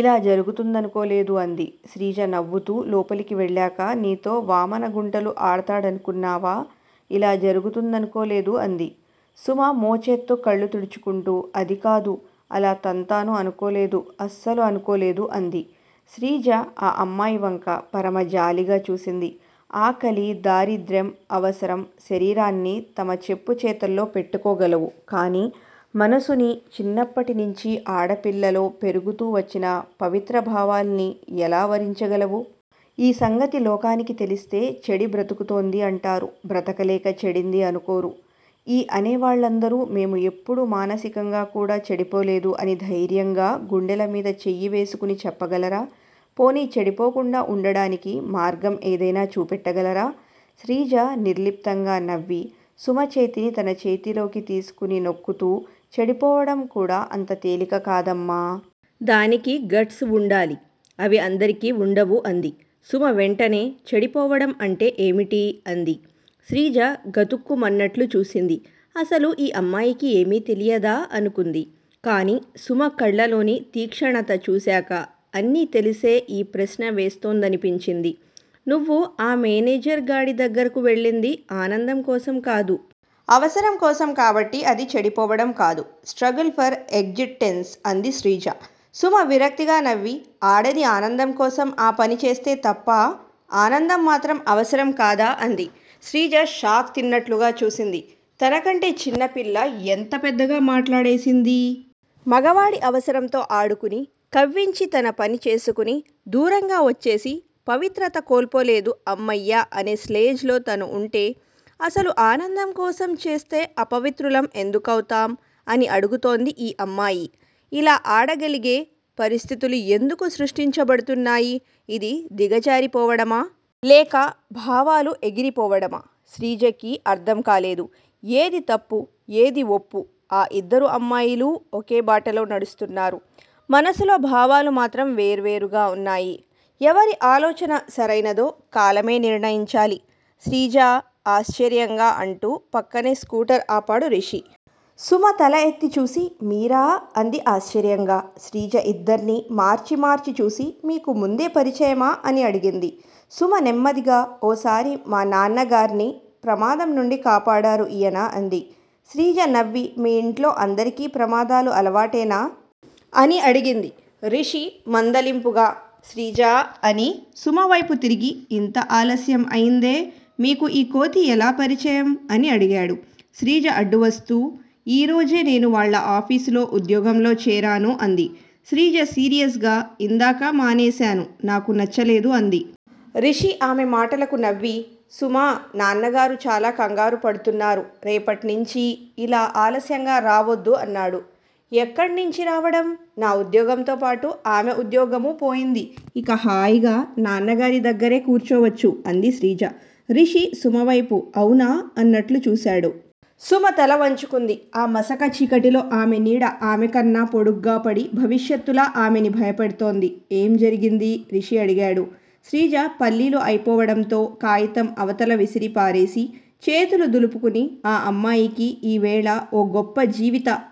ఇలా జరుగుతుందనుకోలేదు అంది. శ్రీజ నవ్వుతూ లోపలికి వెళ్ళాక నీతో వామనగుంటలు ఆడ్తాడనుకున్నావా? ఇలా జరుగుతుందనుకోలేదు అంది. సుమ మోచేత్తో కళ్ళు తుడుచుకుంటూ అదికాదు! అలా తంతాను అనుకోలేదు అస్సలు అనుకోలేదు అంది. శ్రీజ ఆ అమ్మాయి వంక పరమ జాలిగా చూసింది. ఆకలి, దారిద్ర్యం, అవసరం, శరీరాన్ని తమ చెప్పు చేతల్లో పెట్టుకోగలవు కానీ మనసునీ, చిన్నప్పటినించీ ఆడపిల్లలో పెరుగుతూ వచ్చిన పవిత్ర భావాల్ని ఎలా వరించగలవు? ఈ సంగతి లోకానికి తెలిస్తే చెడి బ్రతుకుతోంది అంటారు. బ్రతకలేక చెడింది అనుకోరు. ఈ అనే వాళ్ళందరూ మేము ఎప్పుడూ మానసికంగా కూడా చెడిపోలేదు అని ధైర్యంగా గుండెల మీద చెయ్యి వేసుకుని చెప్పగలరా? పోనీ చెడిపోకుండా వుండడానికి మార్గం ఏదైనా చూపెట్టగలరా? శ్రీజ నిర్లిప్తంగా నవ్వి, సుమ చేతిని తన చేతిలోకి తీసుకుని నొక్కుతూ చెడిపోవడం కూడా అంత తేలిక కాదమ్మా. దానికీ గట్స్ వుండాలి. అవి అందరికి వుండవు అంది. సుమ వెంటనే చెడిపోవడం అంటే ఏమిటీ? అంది. శ్రీజ గతుక్కుమన్నట్లు చూసింది. అసలు ఈ అమ్మాయికి ఏమీ తెలియదా? అనుకుంది. కానీ సుమ కళ్ళలోని తీక్షణత చూసాక అన్నీ తెలిసే ఈ ప్రశ్న వేస్తోందనిపించింది. నువ్వు ఆ మేనేజర్ గాడి దగ్గరకు వెళ్ళింది ఆనందం కోసం కాదు. అవసరం కోసం కాబట్టి అది చెడిపోవడం కాదు, స్ట్రగుల్ ఫర్ ఎగ్జిట్టెన్స్ అంది శ్రీజ. సుమ విరక్తిగా నవ్వి ఆడది ఆనందం కోసం ఆ పని చేస్తే తప్పా? ఆనందం మాత్రం అవసరం కాదా అంది. శ్రీజ షాక్ తిన్నట్లుగా చూసింది. తనకంటే చిన్నపిల్ల ఎంత పెద్దగా మాట్లాడేసిందీ? మగవాడి అవసరంతో ఆడుకుని, కవ్వించి తన పని చేసుకుని, దూరంగా వచ్చేసి పవిత్రత కోల్పోలేదు అమ్మయ్యా అనే స్లేజ్ లో తను వుంటే అసలు ఆనందం కోసం చేస్తే అపవిత్రులం ఎందుకవుతాం? అని అడుగుతోంది ఈ అమ్మాయి. ఇలా ఆడగలిగే పరిస్థితులు ఎందుకు సృష్టించబడుతున్నాయి? ఇది దిగజారిపోవడమా? లేక భావాలు ఎగిరి పోవడమా? శ్రీజకి అర్ధం కాలేదు. ఏది తప్పు? ఏది ఒప్పు? ఆ ఇద్దరు అమ్మాయిలూ ఒకే బాటలో నడుస్తున్నారు. మనసులో భావాలు మాత్రం వేర్వేరుగా ఉన్నాయి. ఎవరి ఆలోచన సరైనదో కాలమే నిర్ణయించాలి. శ్రీజా! ఆశ్చర్యంగా అంటూ పక్కనే స్కూటర్ ఆపాడు రిషి. సుమ తల ఎత్తి చూసి మీరా! అంది ఆశ్చర్యంగా. శ్రీజ ఇద్దర్నీ మార్చి మార్చి చూసి మీకు ముందే పరిచయమా? అని అడిగింది. సుమ నెమ్మదిగా ఓసారి మా నాన్నగార్ని ప్రమాదం నుండి కాపాడారు ఈయన అంది. శ్రీజ నవ్వి మీ ఇంట్లో అందరికీ ప్రమాదాలు అలవాటేనా? అని అడిగింది. రిషి మందలింపుగా శ్రీజా అని సుమవైపు తిరిగి ఇంత ఆలస్యం అయిందే? మీకు ఈ కోతి ఎలా పరిచయం? అని అడిగాడు. శ్రీజ అడ్డువస్తూ ఈరోజే నేను వాళ్ళ ఆఫీసులో ఉద్యోగంలో చేరాను అంది. శ్రీజ సీరియస్ గా ఇందాకా మానేసాను. నాకు నచ్చలేదు అంది. రిషి ఆమె మాటలకు నవ్వి సుమా నాన్నగారు చాలా కంగారు పడ్తున్నారు. రేపట్నించీ ఇలా ఆలస్యంగా రావొద్దు అన్నాడు. ఎక్కడ్నించి రావడం? నా ఉద్యోగంతో పాటు ఆమె ఉద్యోగమూ పోయింది. ఇక హాయిగా నాన్నగారి దగ్గరే కూర్చోవచ్చు అంది శ్రీజ. రిషి సుమవైపు అవునా? అన్నట్లు చూసాడు. సుమ తల వంచుకుంది. ఆ మసక చీకటిలో ఆమె నీడ ఆమెకన్నా పొడుగ్గా పడి భవిష్యత్తులా ఆమెని భయపెడ్తోంది. ఏం జరిగిందీ? రిషి అడిగాడు. శ్రీజ పల్లీలు అయిపోవడంతో కాయితం అవతల విసిరి పారేసి, చేతులు దులుపుకుని ఆ అమ్మాయికి ఈ వేళ ఓ గొప్ప జీవిత